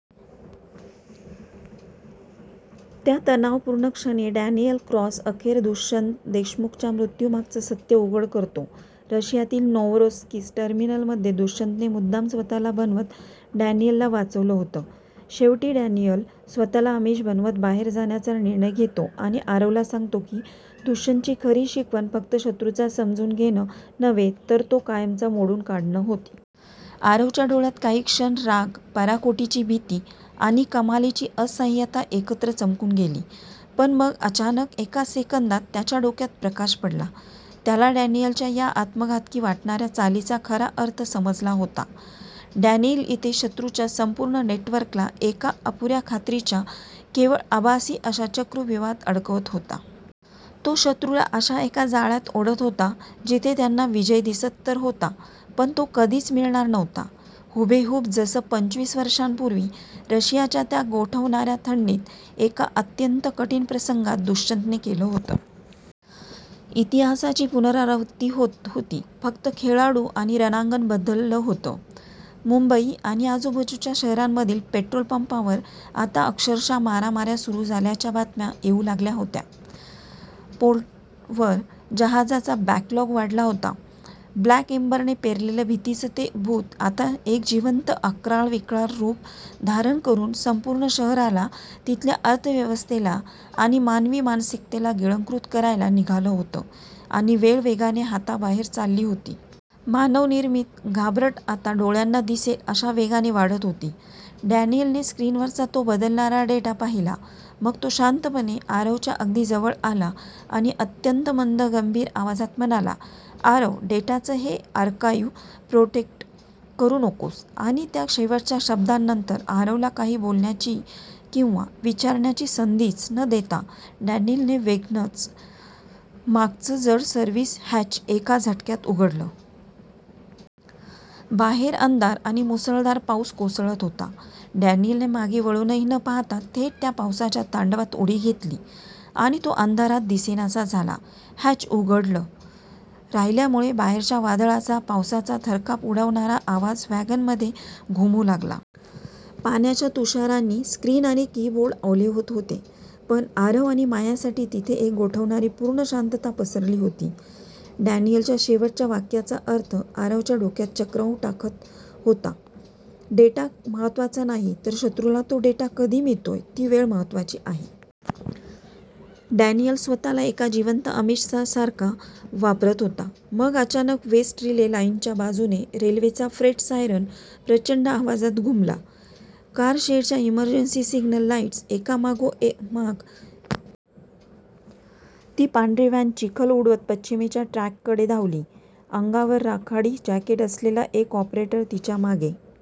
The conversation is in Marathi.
त्या तणावपूर्ण क्षणी डॅनियल क्रॉस अखेर दुष्यंत देशमुखच्या मृत्यूमागचं सत्य उघड करतो, रशियातील नोव्होरोसिस्क टर्मिनलमध्ये दुष्यंतने मुद्दाम स्वतःला बनवत डॅनियलला वाचवलं होतं. शेवटी डॅनियल स्वतःला आमिष बनवत बाहेर जाण्याचा निर्णय घेतो आणि आरवला सांगतो की दुष्यंतची खरी शिकवण फक्त शत्रूचा समजून घेणं नव्हे, तर तो कायमचा मोडून काढणं होती. आरवच्या डोळ्यांत काही क्षण राग, पराकोटीची भीती आणि कमालीची असहायता एकत्र चमकून गेली. पण मग अचानक, एका सेकंदात त्याच्या डोक्यात प्रकाश पडला. त्याला डॅनियलच्या या आत्मघातकी वाटणाऱ्या चालीचा खरा अर्थ समजला होता. डॅनियल इथे शत्रूच्या संपूर्ण नेटवर्कला एका अपुऱ्या खात्रीच्या, केवळ आभासी अशा चक्रव्यूहात अडकवत होता. तो शत्रूला अशा एका जाळ्यात ओढत होता, जिथे त्यांना विजय दिसत तर होता, पण तो कधीच मिळणार नव्हता. हुबेहूब जसं पंचवीस वर्षांपूर्वी रशियाच्या त्या गोठवणाऱ्या थंडीत, एका अत्यंत कठीण प्रसंगात दुष्यंतने केलं होतं! इतिहासाची पुनरावृत्ती होत होती, फक्त खेळाडू आणि रणांगण बदललं होतं. मुंबई आणि आजूबाजूच्या शहरांमधील पेट्रोल पंपांवर आता अक्षरशः मारामार्या सुरू झाल्याच्या बातम्या येऊ लागल्या होत्या. पोर्टवर जहाजांचा बॅकलॉग वाढला होता. ब्लॅक एम्बरने पेरलेलं भीतीचं ते भूत आता एक जिवंत, अक्राळविक्राळ रूप धारण करून संपूर्ण शहराला, तिथल्या अर्थव्यवस्थेला आणि मानवी मानसिकतेला गिळंकृत करायला निघालं होतं आणि वेळ वेगाने हाताबाहेर चालली होती. मानवनिर्मित घबराट आता डोळ्यांना दिसेल अशा वेगाने वाढत होती. डॅनियलने स्क्रीनवरचा तो बदलणारा डेटा पाहिला. मग तो शांतपणे आरवच्या अगदी जवळ आला आणि अत्यंत मंद, गंभीर आवाजात म्हणाला, "आरव डेटाचं हे आर्काइव्ह प्रोटेक्ट करू नकोस " आणि त्या शेवटच्या शब्दांनंतर, आरवला काही बोलण्याची किंवा विचारण्याची संधीच न देता, डॅनियलने वॅगनचं मागचं जड सर्व्हिस हॅच एका झटक्यात उघडलं. बाहेर अंधार आणि मुसळधार पाऊस कोसळत होता. डॅनियलने मागे वळूनही न पाहता थेट त्या पावसाच्या तांडवात उडी घेतली आणि तो अंधारात दिसेनासा झाला. हॅच उघडं राहिल्यामुळे बाहेरच्या वादळाचा, पावसाचा थरकाप उडवणारा आवाज वॅगनमध्ये घुमू लागला. पाण्याच्या तुषारांनी स्क्रीन आणि कीबोर्ड ओले होत होते. पण आरव आणि मायासाठी तिथे एक गोठवणारी, पूर्ण शांतता पसरली होती. डॅनियलच्या शेवटच्या वाक्याचा अर्थ आरवच्या डोक्यात चक्रावून टाकत होता. डेटा महत्त्वाचा नाही, तर शत्रूला तो डेटा कधी मिळतोय ती वेळ महत्त्वाची आहे! डॅनियल स्वतःला एका जिवंत आमिषासारखं वापरत होता. मग अचानक वेस्ट रिले लाईनच्या बाजूने रेल्वेचा फ्रेट सायरन प्रचंड आवाजात घुमला. कारशेडच्या इमर्जन्सी सिग्नल लाईट्स एकामागोमाग एक तांबड्या रंगाने ब्लिंक व्हायला लागल्या. शत्रूच्या वॉकी-टॉकीवरील रेडिओ चॅटर एकाएकी वाढलं. ती पांढरी व्हॅन चिखल उडवत पश्चिमेच्या ट्रॅककडे धावली. अंगावर राखाडी जॅकेट असलेला एक ऑपरेटर तिच्या मागे